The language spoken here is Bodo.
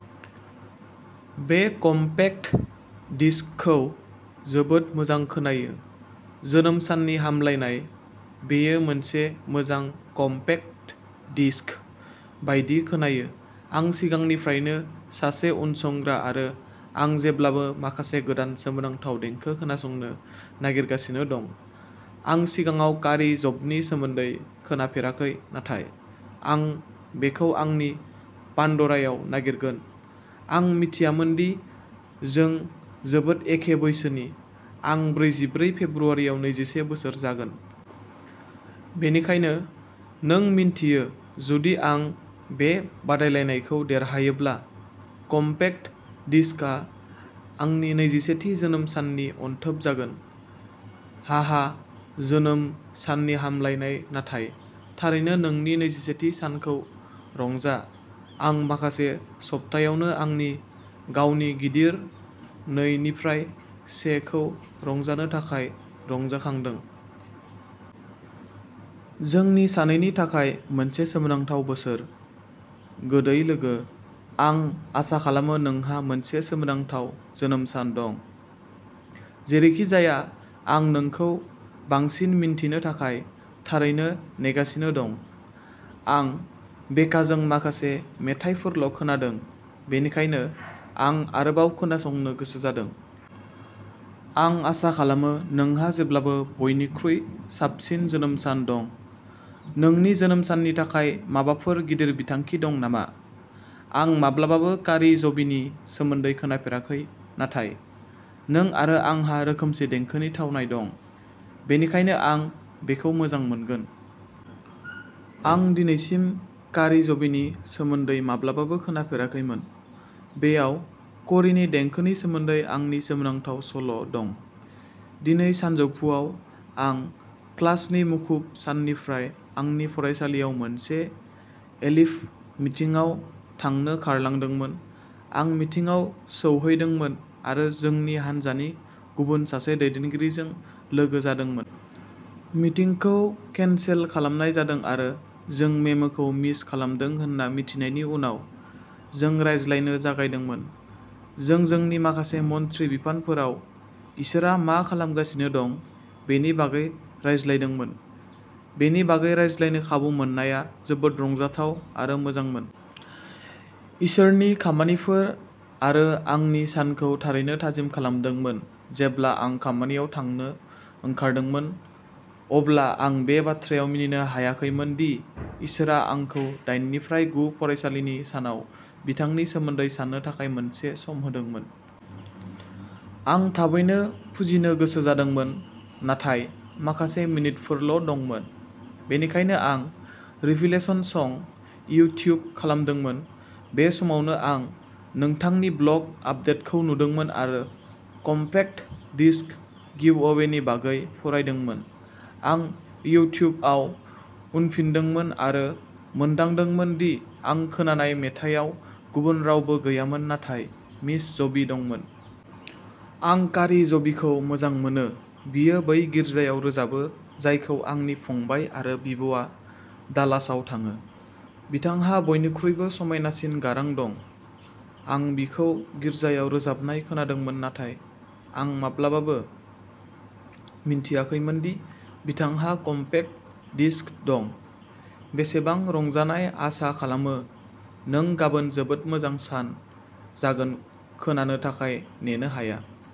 बे कमपेक्ट डिस्कखौ जोबोद मोजां खोनायो। जोनोम साननि हामलायनाय, बेयो मोनसे मोजां कमपेक्ट डिस्क बायदि खोनायो। आं सिगांनिफ्रायनो सासे उनसंग्रा आरो आं जेब्लाबो माखासे गोदान सोमोनांथाव देंखो खोनासंनो नागिरगासिनो दं। आं सिगाङाव कारि जबनि सोमोन्दै खोनाफेराखै, नाथाय आं बेखौ आंनि पान्ड'रायाव नागिरगोन, आं मिथियामोन दि जों जोबोद एखे बैसोनि, आं बैजिब्रै फेब्रुवारियाव नैजिसे बोसोर जागोन। बेनिखायनो नों मिन्थियो, जुदि आं बे बादायलायनायखौ देरहायोब्ला कमपेक्ट डिस्कआ आंनि नैजिसेथि जोनोम साननि अनथोब जागोन। हाहा जोनोम साननि हामलायनाय नाथाय, थारैनो नोंनि नैजिसेथि सानखौ रंजा। आं माखासे सप्तायावनो आंनि गावनि गिदिर नै निफ्राय से खौ रंजानो थाखाय रंजाखांदों। जोंनि सानैनि थाखाय मोनसे सोमोनांथाव बोसोर, गोदै लोगो आं आसा खालामो नोंहा मोनसे सोमोनांथाव जोनोम सान दं। जेरैखिजाया, आं नोंखौ बांसिन मिन्थिनो थाखाय थारैनो नेगासिनो दं। आं बेकाजों माखासे मेथाइफोरल' खोनादों, बेनिखायनो आं आरोबाव खोनासंनो गोसो जादों। आं आसा खालामो नोंहा जेब्लाबो बयनिख्रुइ साबसिन जोनोम सान दं, नोंनि जोनोम साननि थाखाय माबाफोर गिदिर बिथांखि दं नामा? आं माब्लाबाबो कारी ज'बिनि सोमोन्दै खोनाफेराखै, नाथाय नों आरो आंहा रोखोमसे देंखोनि थावनाय दं, बेनिखायनो आं बेखौ मोजां मोनगोन। आं दिनैसिम कारी ज'बिनि सोमोन्दै माब्लाबाबो खोनाफेराखैमोन। बेयाव करीनि देंखोनि सोमोन्दै आंनि सोमोनांथाव सल'दं। दिनै सानजौफुआव, आं क्लासनि मुखुब साननिफ्राय आंनि फरायसालियाव मोनसे एलिफ मिटिंआव थांनो खारलांदोंमोन। आं मिटिंआव सौहैदोंमोन आरो जोंनि हान्जानि गुबुन सासे दैदेनगिरिजों लोगो जादोंमोन। मिटिंखौ केनसेल खालामनाय जादों आरो जों मेमोखौ मिस खालामदों होन्ना मिथिनायनि उनाव जों रायज्लायनो जागायदोंमोन। जों जोंनि माखासे मन्थ्रि बिफानफोराव इसोरआ मा खालामगासिनो दं बेनि बागै रायज्लायदोंमोन। बेनि बागै रायज्लायनो खाबु मोननाया जोबोद रंजाथाव आरो मोजांमोन। इसोरनि खामानिफोर आरो आंनि सानखौ थारैनो थाजिम खालामदोंमोन। जेब्ला आं खामानियाव थांनो ओंखारदोंमोन, अब्ला आं बे बाथ्रायाव मिनिनो हायाखैमोन दि इसोरआ आंखौ दाइननिफ्राय गु फरायसालिनि सानाव बिथांनि सोमोन्दै साननो थाखाय मोनसे सम होदोंमोन। आं थाबैनो फुजिनो गोसो जादोंमोन, नाथाय माखासे मिनितफोरल' दंमोन, बेनिखायनो आं "रेभिलेशन सं" इउट्युब खालामदोंमोन। बे समावनो आं नोंथांनि ब्लग आपदेटखौ नुदोंमोन आरो कमपेक्ट डिस्क गिवअवेनि बागै फरायदोंमोन। आं इउट्युबआव उनफिनदोंमोन आरो मोनदांदोंमोन दि आं खोनानाय मेथाइयाव गुबुन रावबो गैयामोन नाथाय मिस ज'बि दंमोन। आं कारी ज'बिखौ मोजां मोनो। बियो बै गिर्जायाव रोजाबो जायखौ आंनि फंबाय आरो बिब'आ डालासआव थाङो, बिथांहा बयनिख्रुइबो समायनासिन गारां दं। आं बिखौ गिर्जायाव रोजाबनाय खोनादोंमोन नाथाय आं माब्लाबाबो मिन्थियाखैमोन दि बिथांहा कमपेक्ट डिस्क दं, बेसेबां रंजानाय आसा खालामो नों गाबोन जोबोद मोजां सान जागोन खोनानो थाखाय नेनो हाया।